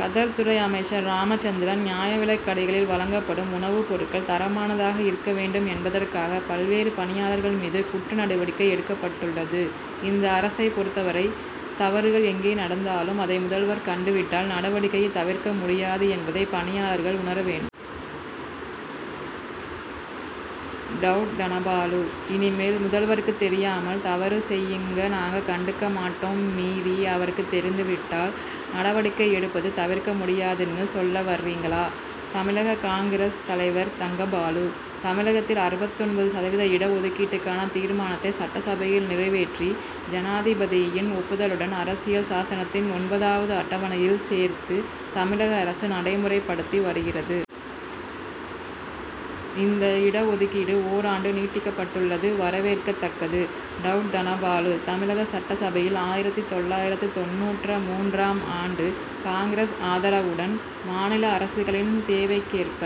கதர் துறை அமைச்சர் ராமச்சந்திரன்: நியாய விலைக் கடைகளில் வழங்கப்படும் உணவுப்பொருட்கள் தரமானதாக இருக்க வேண்டும் என்பதற்காக, பல்வேறு பணியாளர்கள் மீது, குற்ற நடவடிக்கை எடுக்கப்பட்டுள்ளது. இந்த அரசைப் பொறுத்தவரை, தவறுகள் எங்கே நடந்தாலும், அதை முதல்வர் கண்டுவிட்டால், நடவடிக்கையை தவிர்க்க முடியாது என்பதை பணியாளர்கள் உணர வேண்டும். டவுட் தனபாலு: இனிமேல் முதல்வருக்கு தெரியாமல், தவறு செய்யுங்கநாங்க கண்டுக்க மாட்டோம்மீறி, அவருக்கு தெரிந்துவிட்டால், நடவடிக்கை எடுப்பது தவிர்க்க முடியாதுன்னு சொல்ல வர்றீங்களா! தமிழக காங்கிரஸ் தலைவர் தங்கபாலு: தமிழகத்தில் அறுபத்தொன்பது சதவீத இட ஒதுக்கீட்டுக்கான தீர்மானத்தை சட்டசபையில் நிறைவேற்றி, ஜனாதிபதியின் ஒப்புதலுடன், அரசியல் சாசனத்தின் ஒன்பதாவது அட்டவணையில் சேர்த்து, தமிழக அரசு நடைமுறைப்படுத்தி வருகிறது. இந்த இட ஒதுக்கீடு ஓராண்டு நீட்டிக்கப்பட்டுள்ளது வரவேற்கத்தக்கது. டவுட் தனபாலு: தமிழக சட்டசபையில், ஆயிரத்து தொள்ளாயிரத்து தொண்ணூற்ற மூன்றாம் ஆண்டு, காங்கிரஸ் ஆதரவுடன், மாநில அரசுகளின் தேவைக்கேற்ப,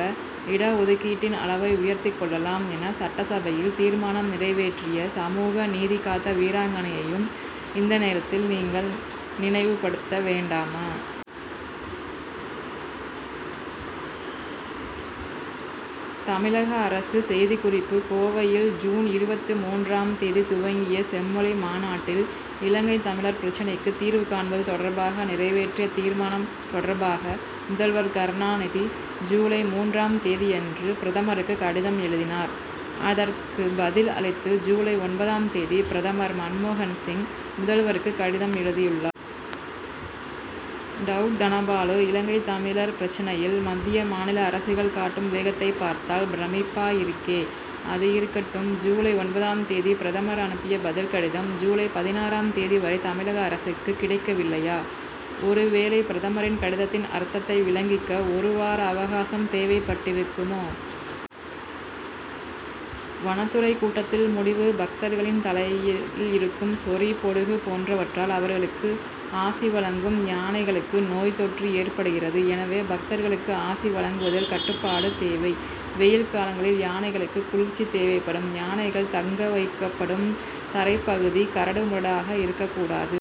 இட ஒதுக்கீட்டின் அளவை உயர்த்திக் கொள்ளலாம் என சட்டசபையில் தீர்மானம் நிறைவேற்றிய, சமூக நீதி காத்த வீராங்கனையையும், இந்த நேரத்தில், நீங்க நினைவுபடுத்த வேண்டாமா? தமிழக அரசு செய்திக்குறிப்பு கோவையில் ஜூன் இருபத்து மூன்றாம் தேதி துவங்கிய செம்மொழி மாநாட்டில், இலங்கைத் தமிழர் பிரச்னைக்கு தீர்வு காண்பது தொடர்பாக, நிறைவேற்றிய தீர்மானம் தொடர்பாக, முதல்வர் கருணாநிதி ஜூலை மூன்றாம் தேதியன்று பிரதமருக்கு கடிதம் எழுதினார். அதற்கு பதில் அளித்து, ஜூலை ஒன்பதாம் தேதி பிரதமர் மன்மோகன் சிங், முதல்வருக்கு கடிதம் எழுதியுள்ளார். டவுட் தனபாலு இலங்கைத் தமிழர் பிரச்னையில், மத்திய, மாநில அரசுகள் காட்டும் வேகத்தை பார்த்தால் பிரமிப்பா இருக்கே! அது இருக்கட்டும் ஜூலை ஒன்பதாம் தேதி பிரதமர் அனுப்பிய பதில் கடிதம், ஜூலை பதினாறாம் தேதி வரை தமிழக அரசுக்கு கிடைக்கலையா? ஒரு வேளை பிரதமரின் கடிதத்தின் அர்த்தத்தை விளங்கிக்க, ஒரு வார அவகாசம் தேவைப்பட்டிருக்குமோ? வனத்துறை கூட்டத்தில் முடிவு பக்தர்களின் தலையில் இருக்கும் சொறி, பொடுகு போன்றவற்றால், அவர்களுக்கு ஆசி வழங்கும் யானைகளுக்கு நோய் தொற்று ஏற்படுகிறது. எனவே, பக்தர்களுக்கு ஆசி வழங்குவதில் கட்டுப்பாடு தேவை. வெயில் காலங்களில் யானைகளுக்கு குளிர்ச்சி தேவைப்படும். யானைகள் தங்க வைக்கப்படும் தரைப்பகுதி, கரடு முரடாக இருக்கக் கூடாது.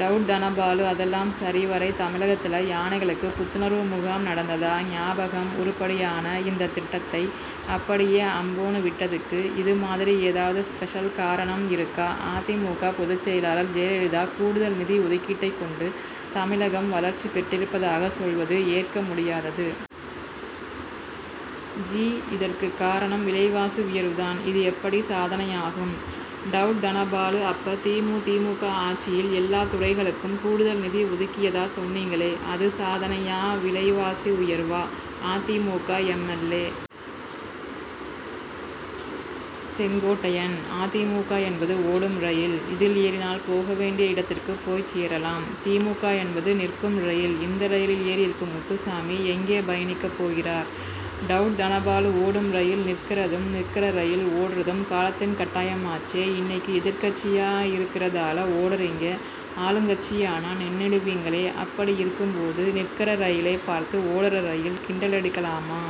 டவுட் தனபாலு அதெல்லாம் சரி வரை தமிழகத்துல யானைகளுக்கு புத்துணர்வு முகாம் நடந்ததா ஞாபகம்உருப்படியான இந்த திட்டத்தை, அப்படியே அம்போன்னு விட்டதுக்கு, இது மாதிரி ஏதாவது ஸ்பெஷல் காரணம் இருக்கா? அ. தி. மு. க., பொதுச்செயலர் ஜெயலலிதா கூடுதல் நிதி ஒதுக்கீட்டைக் கொண்டு, தமிழகம் வளர்ச்சி பெற்றிருப்பதாக சொல்வது ஏற்க முடியாதது. ஜி. இதற்கு காரணம் விலைவாசி உயர்வு தான். இது எப்படி சாதனையாகும். டவுட் தனபாலு அப்ப தி. மு. தி. மு. க., ஆட்சியில எல்லா துறைகளுக்கும் கூடுதல் நிதி ஒதுக்கியதா சொன்னீங்களேஅது சாதனையாவிலைவாசி உயர்வா? அ. தி. மு. க., எம். எல். ஏ., செங்கோட்டையன்: அ. தி. மு. க., என்பது ஓடும் ரயில். இதில் ஏறினால் போக வேண்டிய இடத்திற்குப் போய்ச் சேரலாம். தி. மு. க., என்பது நிற்கும் ரயில். இந்த ரயிலில் ஏறியிருக்கும் முத்துசாமி எங்கே பயணிக்கப் போகிறார்? டவுட் தனபாலு ஓடும் ரயில் நிற்கறதும், நிற்கற ரயில் ஓடறதும் காலத்தின் கட்டாயமாச்சேஇன்னைக்கு எதிர்க்கட்சியா இருக்கறதால ஓடறீங்க ஆளுங்கட்சியானா நின்னுடுவீங்களே அப்படி இருக்கும்போது, நிற்கற ரயிலைப் பார்த்து ஓடற ரயில் கிண்டலடிக்கலாமா?